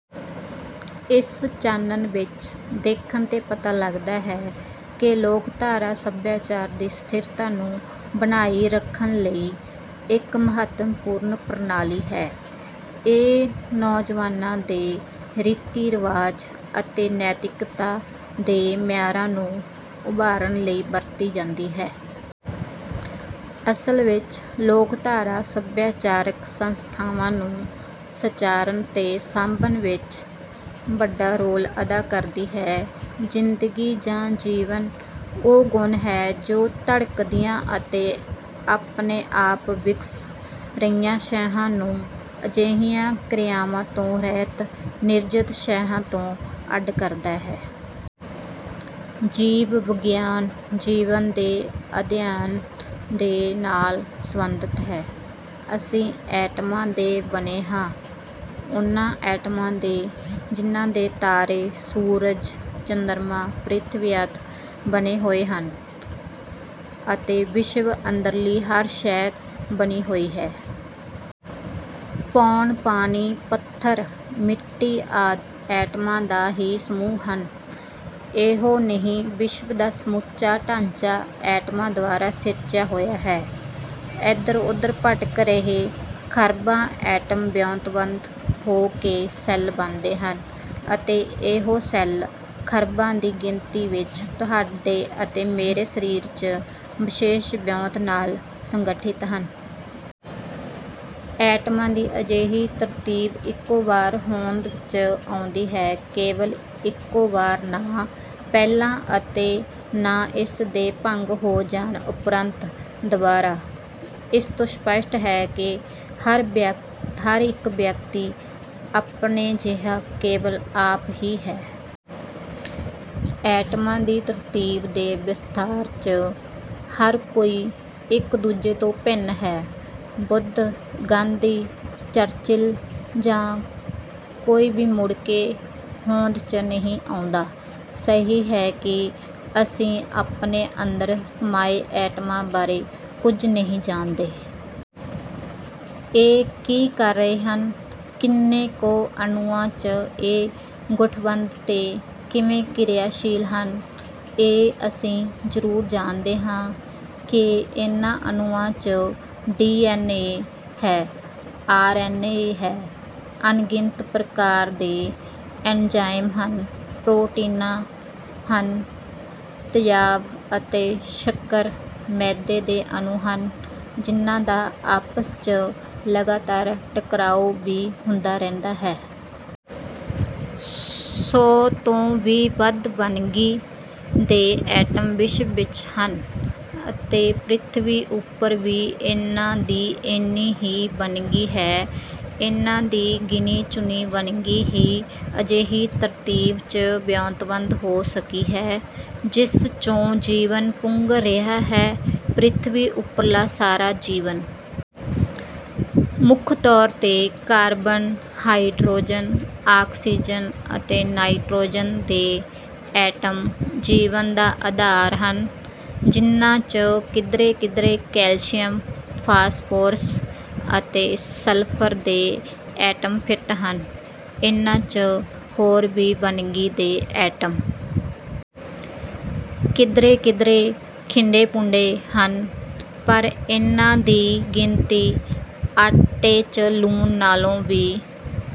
ਇਸ ਚਾਨਣ ਵਿਚ ਦੇਖਣ ਤੇ ਪਤਾ ਲੱਗਦਾ ਹੈ ਕਿ ਲੋਕਧਾਰਾ ਸਭਿਆਚਾਰ ਦੀ ਸਥਿਰਤਾ ਨੂੰ ਬਣਾਈ ਰੱਖਣ ਲਈ ਇੱਕ ਮਹੱਤਵਪੂਰਨ ਪ੍ਰਣਾਲੀ ਹੈ। ਇਹ ਨੌਜਵਾਨਾਂ ਦੇ ਰੀਤੀ ਰਿਵਾਜ ਅਤੇ ਨੈਤਿਕਤਾ ਦੇ ਮਿਆਰਾਂ ਨੂੰ ਉਭਾਰਨ ਲਈ ਵਰਤੀ ਜਾਂਦੀ ਹੈ। ਅਸਲ ਵਿੱਚ ਲੋਕਧਾਰਾ ਸਭਿਆਚਾਰਕ ਸੰਸਥਾਵਾਂ ਨੂੰ ਸੰਚਾਰਨ ਅਤੇ ਸਾਂਭਣ ਵਿਚ ਵੱਡਾ ਰੋਲ ਅਦਾ ਕਰਦੀ ਹੈ। ਜ਼ਿੰਦਗੀ ਜਾਂ ਜੀਵਨ ਉਹ ਗੁਣ ਹੈ ਜੋ ਧੜਕਦੀਆਂ ਅਤੇ ਆਪਣੇ ਆਪ ਵਿਗਸ ਰਹੀਆਂ ਸ਼ੈਆਂ ਨੂੰ ਅਜਿਹੀਆਂ ਕਿਰਿਆਵਾਂ ਤੋਂ ਰਹਿਤ ਨਿਰਜਿੰਦ ਸ਼ੈਆਂ ਤੋਂ ਅੱਡ ਕਰਦਾ ਹੈ। ਜੀਵ ਵਿਗਿਆਨ ਜੀਵਨ ਦੇ ਅਧਿਅਨ ਦੇ ਨਾਲ ਸੰਬੰਧਿਤ ਹੈ। ਅਸੀਂ ਐਟਮਾਂ ਦੇ ਬਣੇ ਹਾਂ, ਉਨ੍ਹਾਂ ਐਟਮਾਂ ਦੇ ਜਿਨ੍ਹਾਂ ਦੇ ਤਾਰੇ, ਸੂਰਜ, ਚੰਦਰਮਾ, ਪ੍ਰਿਥਵੀ ਆਦਿ ਬਣੇ ਹੋਏ ਹਨ ਅਤੇ ਵਿਸ਼ਵ ਅੰਦਰਲੀ ਹਰ ਸ਼ੈਅ ਬਣੀ ਹੋਈ ਹੈ। ਪੌਣ, ਪਾਣੀ, ਪੱਥਰ, ਮਿੱਟੀ ਆਦਿ ਐਟਮਾਂ ਦਾ ਹੀ ਸਮੂਹ ਹਨ। ਇਹੋ ਨਹੀਂ, ਵਿਸ਼ਵ ਦਾ ਸਮੁੱਚਾ ਢਾਂਚਾ ਐਟਮਾਂ ਦੁਆਰਾ ਸਿਰਜਿਆ ਹੋਇਆ ਹੈ। ਐਧਰ ਓਧਰ ਭਟਕ ਰਹੇ ਖ਼ਰਬਾਂ ਐਟਮ ਵਿਉਂਤਬੱਧ ਹੋ ਕੇ ਸੈੱਲ ਬਣਦੇ ਹਨ ਅਤੇ ਇਹੋ ਸੈੱਲ, ਖ਼ਰਬਾਂ ਦੀ ਗਿਣਤੀ 'ਚ, ਤੁਹਾਡੇ ਅਤੇ ਮੇਰੇ ਸਰੀਰ 'ਚ ਵਿਸ਼ੇਸ਼ ਵਿਉਂਤ ਨਾਲ ਸੰਗਿਠਤ ਹਨ। ਐਟਮਾਂ ਦੀ ਅਜਿਹੀ ਤਰਤੀਬ ਇਕੋ ਵਾਰ ਹੋਂਦ 'ਚ ਆਉਂਦੀ ਹੈ, ਕੇਵਲ ਇਕੋ ਵਾਰ, ਨਾ ਪਹਿਲਾਂ ਅਤੇ ਨਾ ਇਸ ਦੇ ਭੰਗ ਹੋ ਜਾਣ ਉਪਰੰਤ, ਦੁਬਾਰਾ। ਇਸ ਤੋਂ ਸਪੱਸ਼ਟ ਹੈ ਕਿ ਹਰ ਇਕ ਵਿਅਕਤੀ ਆਪਣੇ ਜਿਹਾ ਕੇਵਲ ਆਪ ਹੀ ਹੈ। ਐਟਮਾਂ ਦੀ ਤਰਤੀਬ ਦੇ ਵਿਸਥਾਰ 'ਚ ਹਰ ਕੋਈ ਇਕ ਦੂਜੇ ਤੋਂ ਭਿੰਨ ਹੈ। ਬੁੱਧ, ਗਾਂਧੀ, ਚਰਚਿਲ ਜਾਂ ਕੋਈ ਵੀ ਮੁੜਕੇ ਹੋਂਦ 'ਚ ਨਹੀਂ ਆਉਂਦਾ। ਸਹੀ ਹੈ ਕਿ ਅਸੀਂ ਆਪਣੇ ਅੰਦਰ ਸਮਾਏ ਐਟਮਾਂ ਬਾਰੇ ਕੁਝ ਨਹੀਂ ਜਾਣਦੇ। ਇਹ ਕੀ ਕਰ ਰਹੇ ਹਨ, ਕਿੰਨੇ ਕੁ ਅਣੂਆਂ 'ਚ ਇਹ ਗੁਠਬੰਦ ਤੇ ਕਿਵੇਂ ਕ੍ਰਿਆਸ਼ੀਲ ਹਨ। ਇਹ ਅਸੀਂ ਜ਼ਰੂਰ ਜਾਣਦੇ ਹਾਂ ਕਿ ਇਨ੍ਹਾਂ ਅਣੂਆਂ 'ਚ ਡੀ ਐਨ ਏ ਹੈ, ਆਰ ਐਨ ਏ ਹੈ, ਅਣਗਿਣਤ ਪ੍ਰਕਾਰ ਦੇ ਐਨਜ਼ਾਈਮ ਹਨ, ਪ੍ਰੋਟੀਨਾਂ ਹਨ, ਤੇਜ਼ਾਬ ਅਤੇ ਸ਼ੱਕਰ ਮੈਦੇ ਦੇ ਅਣੂ ਹਨ, ਜਿਨ੍ਹਾਂ ਦਾ ਆਪਸ 'ਚ ਲਗਾਤਾਰ ਟਕਰਾਓ ਵੀ ਹੁੰਦਾ ਰਹਿੰਦਾ ਹੈ। ਸੌ ਤੋਂ ਵੀ ਵੱਧ ਵੰਨਗੀ ਦੇ ਐਟਮ ਵਿਸ਼ਵ ਵਿਚ ਹਨ ਅਤੇ ਪ੍ਰਿਥਵੀ ਉਪਰ ਵੀ ਇਨ੍ਹਾਂ ਦੀ ਇੰਨੀ ਹੀ ਵੰਨਗੀ ਹੈ। ਇਨ੍ਹਾਂ ਦੀ ਗਿਣੀ ਚੁਣੀ ਵੰਨਗੀ ਹੀ ਅਜਿਹੀ ਤਰਤੀਬ 'ਚ ਵਿਉਂਤਬਧ ਹੋ ਸਕੀ ਹੈ, ਜਿਸ 'ਚੋਂ ਜੀਵਨ ਪੁੰਗਰ ਰਿਹਾ ਹੈ, ਪ੍ਰਿਥਵੀ ਉਪਰਲਾ ਸਾਰਾ ਜੀਵਨ। ਮੁੱਖ ਤੌਰ 'ਤੇ ਕਾਰਬਨ, ਹਾਈਡ੍ਰੋਜਨ, ਆਕਸੀਜ਼ਨ ਅਤੇ ਨਾਈਟ੍ਰੋਜਨ ਦੇ ਐਟਮ ਜੀਵਨ ਦਾ ਆਧਾਰ ਹਨ, ਜਿਨ੍ਹਾਂ 'ਚ ਕਿਧਰੇ ਕਿਧਰੇ ਕੈਲਸ਼ੀਅਮ, ਫਾਸਫੋਰਸ ਅਤੇ ਸਲਫਰ ਦੇ ਐਟਮ ਫਿੱਟ ਹਨ। ਇਨ੍ਹਾਂ 'ਚ ਹੋਰ ਵੀ ਵੰਨਗੀ ਦੇ ਐਟਮ ਕਿਧਰੇ ਕਿਧਰੇ ਖਿੰਡੇ ਪੁੰਡੇ ਹਨ, ਪਰ ਇਨ੍ਹਾਂ ਦੀ ਗਿਣਤੀ ਆਟੇ 'ਚ ਲੂਣ ਨਾਲੋਂ ਵੀ